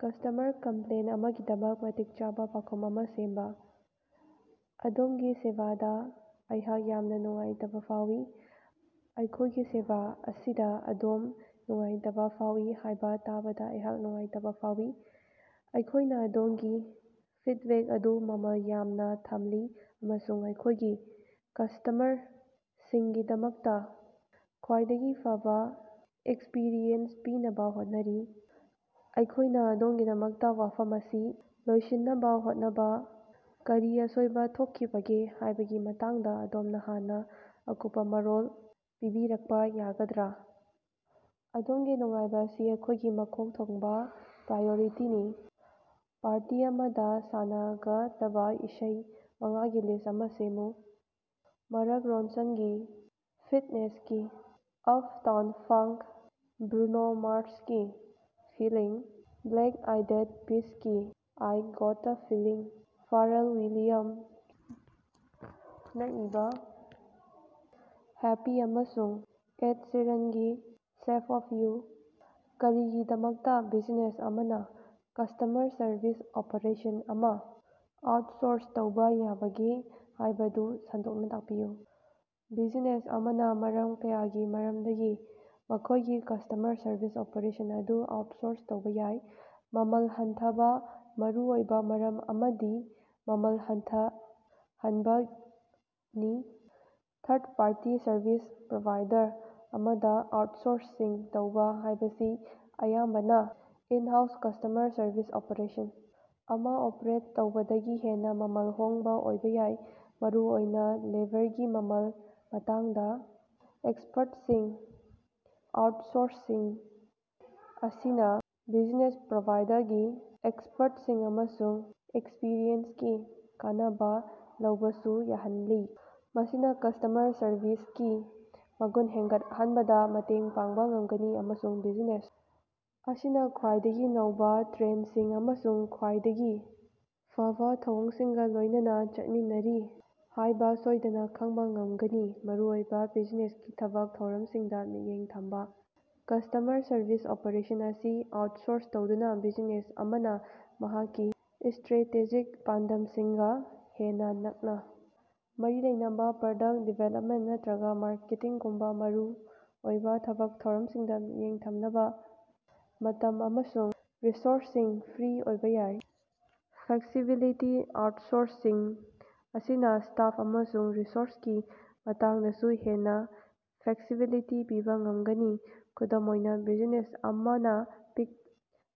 Customer complaint ꯑꯃꯒꯤꯗꯃꯛ ꯃꯇꯤꯛ ꯆꯥꯕ ꯄꯥꯎꯈꯨꯝ ꯑꯃ ꯁꯦꯝꯕ꯫ ꯑꯗꯣꯝꯒꯤ ꯁꯦꯕꯥꯗ ꯑꯩꯍꯥꯛ ꯌꯥꯝꯅ ꯅꯨꯡꯉꯥꯏꯇꯕ ꯐꯥꯎꯏ꯫ ꯑꯩꯈꯣꯏꯒꯤ ꯁꯦꯕꯥ ꯑꯁꯤꯗ ꯑꯗꯣꯝ ꯅꯨꯡꯉꯥꯏꯇꯕ ꯐꯥꯎꯏ ꯍꯥꯏꯕ ꯇꯥꯕꯗ ꯑꯩꯍꯥꯛ ꯅꯨꯡꯉꯥꯏꯇꯕ ꯐꯥꯎꯏ꯫ ꯑꯩꯈꯣꯏꯅ ꯑꯗꯣꯝꯒꯤ ꯐꯤꯠꯕꯦꯛ ꯑꯗꯨ ꯃꯃꯜ ꯌꯥꯝꯅ ꯊꯝꯂꯤ ꯑꯃꯁꯨꯡ ꯑꯩꯈꯣꯏꯒꯤ ꯀꯁꯇꯃꯔꯁꯤꯡꯒꯤꯗꯃꯛꯇꯥ ꯈ꯭ꯋꯥꯏꯗꯒꯤ ꯐꯕꯥ ꯑꯦꯛꯁꯄꯤꯔꯤꯌꯦꯟꯁ ꯄꯤꯅꯕꯥ ꯍꯣꯠꯅꯔꯤ꯫ ꯑꯩꯈꯣꯏꯅ ꯑꯗꯣꯝꯒꯤꯗꯃꯛꯇ ꯋꯥꯐꯝ ꯑꯁꯤ ꯂꯣꯏꯁꯤꯟꯅꯕ ꯍꯣꯠꯅꯅꯕꯥ ꯀꯔꯤ ꯑꯁꯣꯏꯕ ꯊꯣꯛꯈꯤꯕꯒꯦ ꯍꯥꯏꯕꯒꯤ ꯃꯇꯥꯡꯗ ꯑꯗꯣꯝꯅ ꯍꯦꯟꯅꯥ ꯑꯀꯨꯞꯄꯥ ꯃꯔꯣꯜ ꯄꯤꯕꯤꯔꯛꯄꯥ ꯌꯥꯒꯗ꯭ꯔꯥ? ꯑꯗꯣꯝꯒꯤ ꯅꯨꯡꯉꯥꯏꯕ ꯑꯁꯤ ꯑꯩꯈꯣꯏꯒꯤ ꯃꯀꯣꯛ ꯊꯣꯡꯕ ꯄ꯭ꯔꯥꯏꯌꯣꯔꯤꯇꯤꯅꯤ꯫ ꯄꯥꯔꯇꯤ ꯑꯃꯗ ꯁꯥꯟꯅꯒꯗꯕꯥ ꯏꯁꯩ ꯃꯉꯥꯒꯤ ꯂꯤꯁ ꯑꯃ ꯁꯦꯝꯃꯨ꯫ ꯃꯥꯔꯛ ꯔꯣꯟꯁꯟꯒꯤ ꯐꯤꯠꯅꯦꯁꯀꯤ "ꯑꯞꯇꯥꯎꯟ ꯐꯪꯛ",ꯕ꯭ꯔꯨꯅꯣ ꯃꯥꯔꯁꯀꯤ "ꯐꯤꯂꯤꯡ",ꯕ꯭ꯂꯦꯛ ꯑꯥꯏꯗꯦꯗ ꯄꯤꯁꯀꯤ "ꯑꯥꯏ ꯒꯣꯠꯇꯥ ꯐꯤꯂꯤꯡ",ꯐꯥꯔꯦꯜ ꯋꯤꯂꯤꯌꯝꯁꯅꯥ ꯏꯕꯥ "ꯍꯦꯄꯤ"ꯑꯃꯁꯨꯡ ꯑꯦꯗ ꯁꯤꯔꯟꯒꯤ "ꯁꯦꯞ ꯑꯣꯐ ꯌꯨ"꯫ ꯀꯔꯤꯒꯤꯗꯃꯛꯇꯥ ꯕꯤꯖꯤꯅꯦꯁ ꯑꯃꯅ ꯀꯁꯇꯃꯔ ꯁꯔꯚꯤꯁ ꯑꯣꯄ꯭ꯔꯦꯁꯟ ꯑꯃ ꯑꯥꯎꯠꯁꯣꯔꯁ ꯇꯧꯕ ꯌꯥꯕꯒꯦ ꯍꯥꯏꯕꯗꯨ ꯁꯟꯗꯣꯛꯅ ꯇꯥꯛꯄꯤꯌꯨ? ꯕꯤꯖꯤꯅꯦꯁ ꯑꯃꯅ ꯃꯔꯝ ꯀꯌꯥꯒꯤ ꯃꯔꯝꯗꯒꯤ ꯃꯈꯣꯏꯒꯤ ꯀꯁꯇꯃꯔ ꯁꯔꯚꯤꯁ ꯑꯣꯄ꯭ꯔꯦꯁꯟ ꯑꯗꯨ ꯑꯥꯎꯠꯁꯣꯔꯁ ꯇꯧꯕ ꯌꯥꯏ꯫ ꯃꯃꯜ ꯍꯟꯊꯕꯥ: ꯃꯔꯨꯑꯣꯏꯕ ꯃꯔꯝ ꯑꯃꯗꯤ ꯃꯃꯜ ꯍꯟꯊꯍꯟꯕꯅꯤ꯫ ꯊꯥꯔꯠ ꯄꯥꯔꯇꯤ ꯁꯔꯚꯤꯁ ꯄ꯭ꯔꯣꯚꯥꯏꯗꯔ ꯑꯃꯗ ꯑꯥꯎꯠꯁꯣꯔꯁꯁꯤꯡ ꯇꯧꯕ ꯍꯥꯏꯕꯁꯤ ꯑꯌꯥꯝꯕꯅ ꯏꯟ-ꯍꯥꯎꯁ ꯀꯁꯇꯃꯔ ꯁꯔꯚꯤꯁ ꯑꯣꯄ꯭ꯔꯦꯁꯟ ꯑꯃ ꯑꯣꯄ꯭ꯔꯦꯠ ꯇꯧꯕꯗꯒꯤ ꯍꯦꯟꯅꯥ ꯃꯃꯜ ꯍꯣꯡꯕ ꯑꯣꯏꯕ ꯌꯥꯏ, ꯃꯔꯨꯑꯣꯏꯅꯥ ꯂꯦꯕꯔꯒꯤ ꯃꯃꯜꯒꯤ ꯃꯇꯥꯡꯗ꯫ ꯑꯦꯛꯁꯄꯔꯠꯁꯤꯡ: ꯑꯥꯎꯠꯁꯣꯔꯁꯤꯡ ꯑꯁꯤꯅ ꯕꯤꯖꯤꯅꯦꯁ ꯄ꯭ꯔꯣꯚꯥꯏꯗꯔꯒꯤ ꯑꯦꯛꯁꯄ꯭ꯔꯠꯁꯤꯡ ꯑꯃꯁꯨꯡ ꯑꯦꯛꯁꯄꯤꯔꯤꯌꯦꯟꯁꯀꯤ ꯀꯥꯟꯅꯕ ꯂꯧꯕꯁꯨ ꯌꯥꯍꯜꯂꯤ꯫ ꯃꯁꯤꯅ ꯀꯁꯇꯃꯔ ꯁꯔꯕꯤꯁꯀꯤ ꯃꯒꯨꯟ ꯍꯦꯟꯒꯠꯍꯟꯕꯗꯥ ꯃꯇꯦꯡ ꯄꯥꯡꯕ ꯉꯝꯒꯅꯤ ꯑꯃꯁꯨꯡ ꯕꯤꯖꯤꯅꯦꯁ ꯑꯁꯤꯅ ꯈ꯭ꯋꯥꯏꯗꯒꯤ ꯅꯧꯕ ꯇ꯭ꯔꯦꯟꯁꯤꯡ ꯑꯃꯁꯨꯡ ꯈ꯭ꯋꯥꯏꯗꯒꯤ ꯐꯕꯥ ꯊꯧꯑꯣꯡꯁꯤꯡꯒ ꯂꯣꯏꯅꯅꯥ ꯆꯠꯃꯤꯟꯅꯔꯤ ꯍꯥꯏꯕ ꯁꯣꯏꯗꯅꯥ ꯈꯪꯍꯟꯕ ꯉꯝꯒꯅꯤ꯫ ꯃꯔꯨꯑꯣꯏꯕ ꯕꯤꯖꯤꯅꯦꯁꯀꯤ ꯊꯕꯛ ꯊꯧꯔꯝꯁꯤꯡꯗ ꯃꯤꯠꯌꯦꯡ ꯊꯝꯕꯥ: ꯀꯁꯇꯃꯔ ꯁꯔꯕꯤꯁ ꯑꯣꯄ꯭ꯔꯦꯁꯟ ꯑꯁꯤ ꯑꯥꯎꯠꯁꯣꯔꯁ ꯇꯧꯗꯨꯅ, ꯕꯤꯖꯤꯅꯦꯁ ꯑꯃꯅ ꯃꯍꯥꯛꯀꯤ ꯏꯁꯇ꯭ꯔꯦꯇꯦꯖꯤꯛ ꯄꯥꯟꯗꯝꯁꯤꯡꯒꯥ ꯍꯦꯟꯅꯥ ꯅꯛꯅꯥ ꯃꯔꯤ ꯂꯩꯅꯕ ꯄ꯭ꯔꯗꯛꯇ ꯗꯤꯕꯦꯂꯞꯃꯦꯟ ꯅꯠꯇ꯭ꯔꯒꯥ ꯃꯥꯔꯀꯦꯇꯤꯡꯒꯨꯝꯕ ꯃꯔꯨꯑꯣꯏꯕ ꯊꯕꯛ ꯊꯧꯔꯝꯁꯤꯡꯗ ꯃꯤꯠꯌꯦꯡ ꯊꯝꯅꯕ ꯃꯇꯝ ꯑꯃꯁꯨꯡ ꯔꯤꯁꯣꯔꯁꯁꯤꯡ ꯐ꯭ꯔꯤ ꯑꯣꯏꯕ ꯌꯥꯏ꯫ ꯐ꯭ꯂꯦꯛꯁꯤꯕꯤꯂꯤꯇꯤ: ꯑꯥꯎꯠꯁꯣꯔꯁꯤꯡ ꯑꯁꯤꯅ ꯁ꯭ꯇꯥꯐ ꯑꯃꯁꯨꯡ ꯔꯤꯁꯣꯔꯁꯀꯤ ꯃꯇꯥꯡꯗꯁꯨ ꯍꯦꯟꯅ ꯐ꯭ꯂꯦꯛꯁꯤꯕꯤꯂꯤꯇꯤ ꯄꯤꯕ ꯉꯝꯒꯅꯤ꯫ ꯈꯨꯗꯝ ꯑꯣꯏꯅ, ꯕꯤꯖꯤꯅꯦꯁ ꯑꯃꯅ ꯄꯤꯛ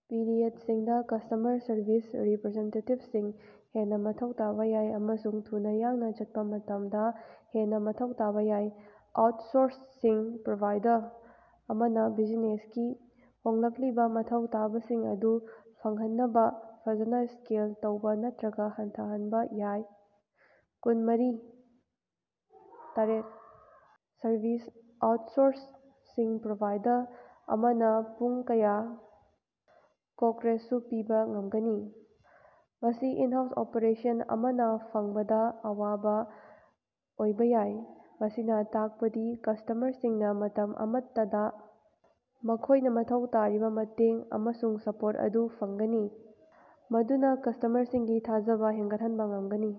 ꯄꯤꯔꯤꯌꯠꯁꯤꯡꯗ ꯀꯁꯇꯃꯔ ꯁꯔꯕꯤꯁ ꯔꯤꯄꯔꯖꯦꯟꯇꯦꯇꯤꯞꯁꯤꯡ ꯍꯦꯟꯅ ꯃꯊꯧ ꯇꯥꯕ ꯌꯥꯏ ꯑꯃꯁꯨꯡ ꯊꯨꯅꯥ ꯌꯥꯡꯅꯥ ꯆꯠꯄ ꯃꯇꯝꯗ ꯍꯦꯟꯅ ꯃꯊꯧ ꯇꯥꯕ ꯌꯥꯏ꯫ ꯑꯥꯎꯠꯁꯣꯔꯁꯤꯡ ꯄ꯭ꯔꯣꯚꯥꯏꯗꯔ ꯑꯃꯅ ꯕꯤꯖꯤꯅꯦꯁꯀꯤ ꯍꯣꯡꯂꯛꯂꯤꯕ ꯃꯊꯧ ꯇꯥꯕꯁꯤꯡ ꯑꯗꯨ ꯐꯪꯍꯟꯅꯕ ꯐꯖꯅ ꯁ꯭ꯀꯦꯜ ꯇꯧꯕ ꯅꯠꯇ꯭ꯔꯒꯥ ꯍꯟꯊꯍꯟꯕ ꯌꯥꯏ꯫ ꯀꯨꯟꯃꯔꯤ/ꯇꯔꯦꯠ ꯁꯔꯚꯤꯁ: ꯑꯥꯎꯠꯁꯣꯔꯁꯤꯡ ꯄ꯭ꯔꯣꯚꯥꯏꯗꯔ ꯑꯃꯅ ꯄꯨꯡ ꯀꯌꯥ ꯀꯣꯚꯔꯦꯖꯁꯨ ꯄꯤꯕ ꯉꯝꯒꯅꯤ, ꯃꯁꯤ ꯏꯟ-ꯍꯥꯎꯁ ꯑꯣꯄ꯭ꯔꯦꯁꯟ ꯑꯃꯅ ꯐꯪꯕꯗ ꯑꯋꯥꯕ ꯑꯣꯏꯕ ꯌꯥꯏ꯫ ꯃꯁꯤꯅ ꯇꯥꯛꯄꯗꯤ ꯀꯁꯇꯃꯔꯁꯤꯡꯅꯥ ꯃꯇꯝ ꯑꯃꯠꯇꯗꯥ ꯃꯈꯣꯏꯅ ꯃꯊꯧ ꯇꯥꯔꯤꯕ ꯃꯇꯦꯡ ꯑꯃꯁꯨꯡ ꯁꯄꯣꯔꯠ ꯑꯗꯨ ꯐꯪꯒꯅꯤ, ꯃꯗꯨꯅ ꯀꯁꯇꯃꯔꯁꯤꯡꯒꯤ ꯊꯥꯖꯕ ꯍꯦꯟꯒꯠꯍꯟꯕꯥ ꯉꯃꯒꯅꯤ꯫